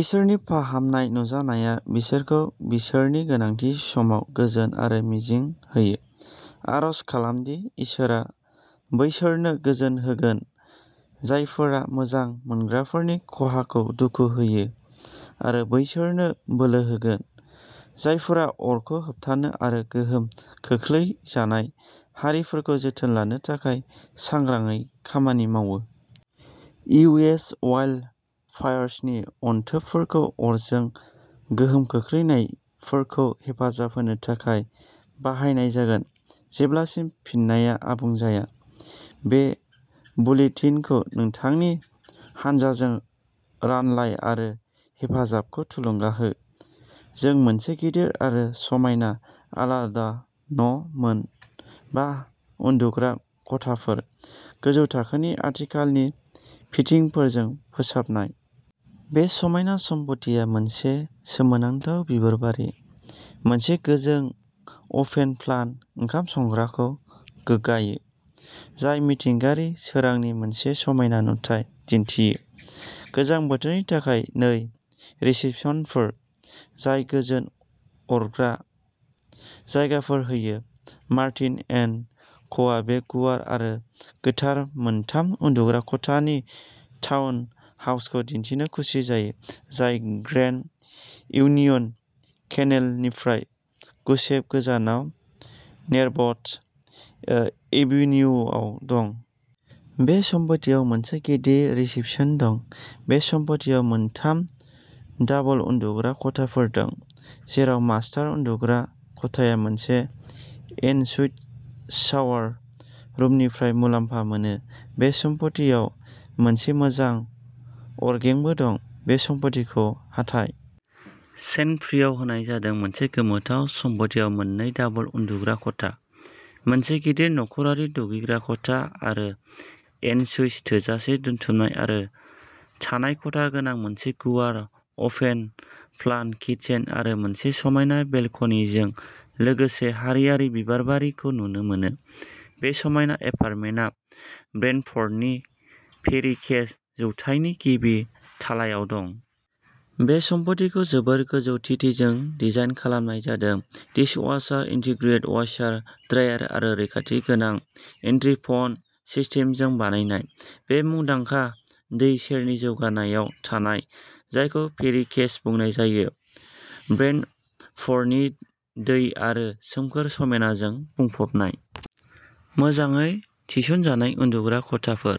इसोरनि फाहामनाय नुजानाया बिसोरखौ बिसोरनि गोनांथि समाव गोजोन आरो मिजिं होयो। आरज खालामदि इसोरआ बैसोरनो गोजोन होगोन जायफोरा मोजां मोनग्राफोरनि खहाखौ दुखु होयो आरो बैसोरनो बोलो होगोन जायफोरा अरखौ होबथानो आरो गोहोम खोख्लैजानाय हारिफोरखौ जोथोन लानो थाखाय सांग्राङै खामानि मावो। इउ एस अवाइल्ड फायार्सनि अनथोबफोरखौ अरजों गोहोम खोख्लैनायफोरखौ हेफाजाब होनो थाखाय बाहायनाय जागोन जेब्लासिम फिननाया आबुं जाया। बे बुलेटिनखौ नोंथांनि हानजाजों रानलाय आरो हेफाजाबखौ थुलुंगा हो। जों मोनसे गिदिर आरो समायना आलादा न' मोन बा उन्दुग्रा खथाफोर, गोजौ थाखोनि आथिखालनि फिटिंफोरजों फोसाबनाय। बे समायना सम्फथिया मोनसे सोमोनांथाव बिबारबारि, मोनसे गोजों अपेन-प्लान ओंखाम संग्राखौ गोगगायो, जाय मिथिंगायारि सोरांनि मोनसे समायना नुथाय दिन्थियो। गोजां बोथोरनि थाखाय नै रिसेपसनफोर, जाय गोजोन अरग्रा जायगाफोर होयो। मार्टिन एन्ड क'आ बे गुवार आरो गोथार मोनथाम उन्दुग्रा खथानि टाउन हाउसखौ दिन्थिनो खुसि जायो, जाय ग्रेन्ड इउनियन केनेलनिफ्राय गुसेब गोजानाव नेर'बटस एभेनियुआव दं। बे सम्फथिआव मोनसे गिदिर रिसेपसन दं। बे सम्फथिआव मोनथाम दाबल उन्दुग्रा खथाफोर दं, जेराव मास्टार उन्दुग्रा खथाया मोनसे एन सुइट सावार रुमनिफ्राय मुलाम्फा मोनो। बे सम्फथिआव मोनसे मोजां अरगेंबो दं। बे सम्फथिखौ हाथाइ चेन फ्रिआव होनाय जादों, मोनसे गोमोथाव सम्फथिआव मोननै दाबल उन्दुग्रा खथा, मोनसे गिदिर नखरारि दुगैग्रा खथा आरो एन सुइज, थोजासे दोनथुमनाय आरो थानाय खथा गोनां मोनसे गुवार अपेन प्लान किटचेन आरो मोनसे समायना बेलकनिजों लोगोसे हारियारि बिबारबारिखौ नुनो मोनो, बे समायना एपार्टमेन्टआ ब्रेन्टफ'र्डनि फेरि केस जौगाथायनि गिबि थालायाव दं। बे सम्फथिखौ जोबोद गोजौ थिथिजों डिजाइन खालामनाय जादों, डिस अवासार, इन्टिग्रेटेड अवासार, ड्रायार आरो रैखाथि गोनां एन्ट्रि फ'न सिस्टेमजों बानायनाय। बे मुंदांखा दै सेरनि जौगानायाव थानाय जायखौ फेरि केस बुंनाय जायो, ब्रेन्टफ'र्डनि दै आरो सोमखोर समायनाजों बुंफबनाय। मोजाङै थिसनजानाय उन्दुग्रा खथाफोर,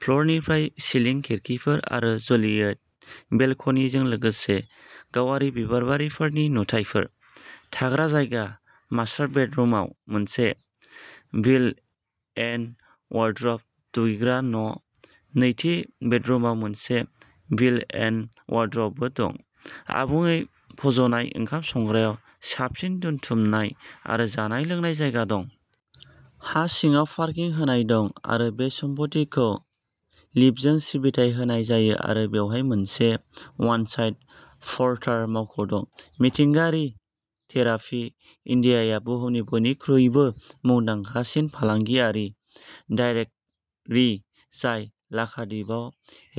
फ्लरनिफ्राय सिलिं खिरखिफोर आरो जुलियट बेलकनिजों लोगोसे गावारि बिबारबारिफोरनि नुथायफोर। थाग्रा जायगा मास्टार बेडरुमाव मोनसे बिल्ट एन अवारद्रब, दुगैग्रा न', नैथि बेडरुमाव मोनसे बिल्ट एन अवारद्रब बो दं। आबुङै फज'नाय ओंखाम संग्रायाव साबसिन दोनथुमनाय आरो जानाय-लोंनाय जायगा दं। हा सिङाव पारकिं होनाय दं आरो बे सम्फथिखौ लिफ्टजों सिबिथाय होनाय जायो आरो बेवहाय मोनसे अन-साइट पर्टार मावख' दं। मिथिंगायारि थेरापि इन्डियाआ बुहुमनि बयनिख्रुइबो मुंदांखासिन फालांगियारि दाइरेक्टरि जाय लाक्षाद्वीपआव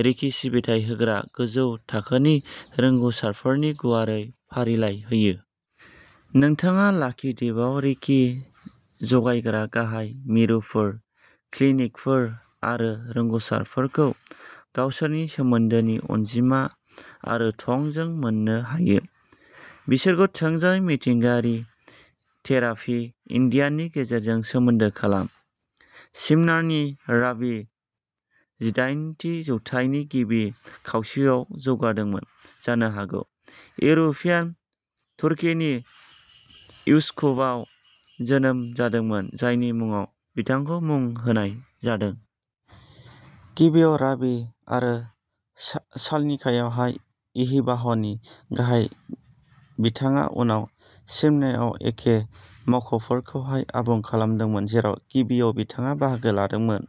रेकि सिबिथाय होग्रा गोजौ थाखोनि रोंग'सारफोरनि गुवारै फारिलाइ होयो। नोंथाङा लाक्षीद्वीपआव रेकि जगायग्रा गाहाय मिरुफोर, क्लिनिकफोर आरो रोंग'सारफोरखौ गावसोरनि सोमोन्दोनि अनजिमा आरो थंजों मोननो हायो। बिसोरखौ थोंजोङै मिथिंगायारि थेरापि इन्डियानि गेजेरजों सोमोन्दो खालाम। स्मिर्ना नि राब्बि जिदाइनथि जौथाइनि गिबि खावसेयाव जौगादोंमोन जानो हागौ इउर'पियान तुरकिनि इउस्कुपआव जोनोम जादोंमोन, जायनि मुङाव बिथांखौ मुं होनाय जादों। गिबियाव राब्बि आरो साल'निकायाव इ'हिबाहनि गाहाय, बिथाङा उनाव स्मिनाआव एखे मावख'फोरखौ आबुं खालामदोंमोन, जेराव गिबियाव बिथाङा बाहागो लादोंमोन।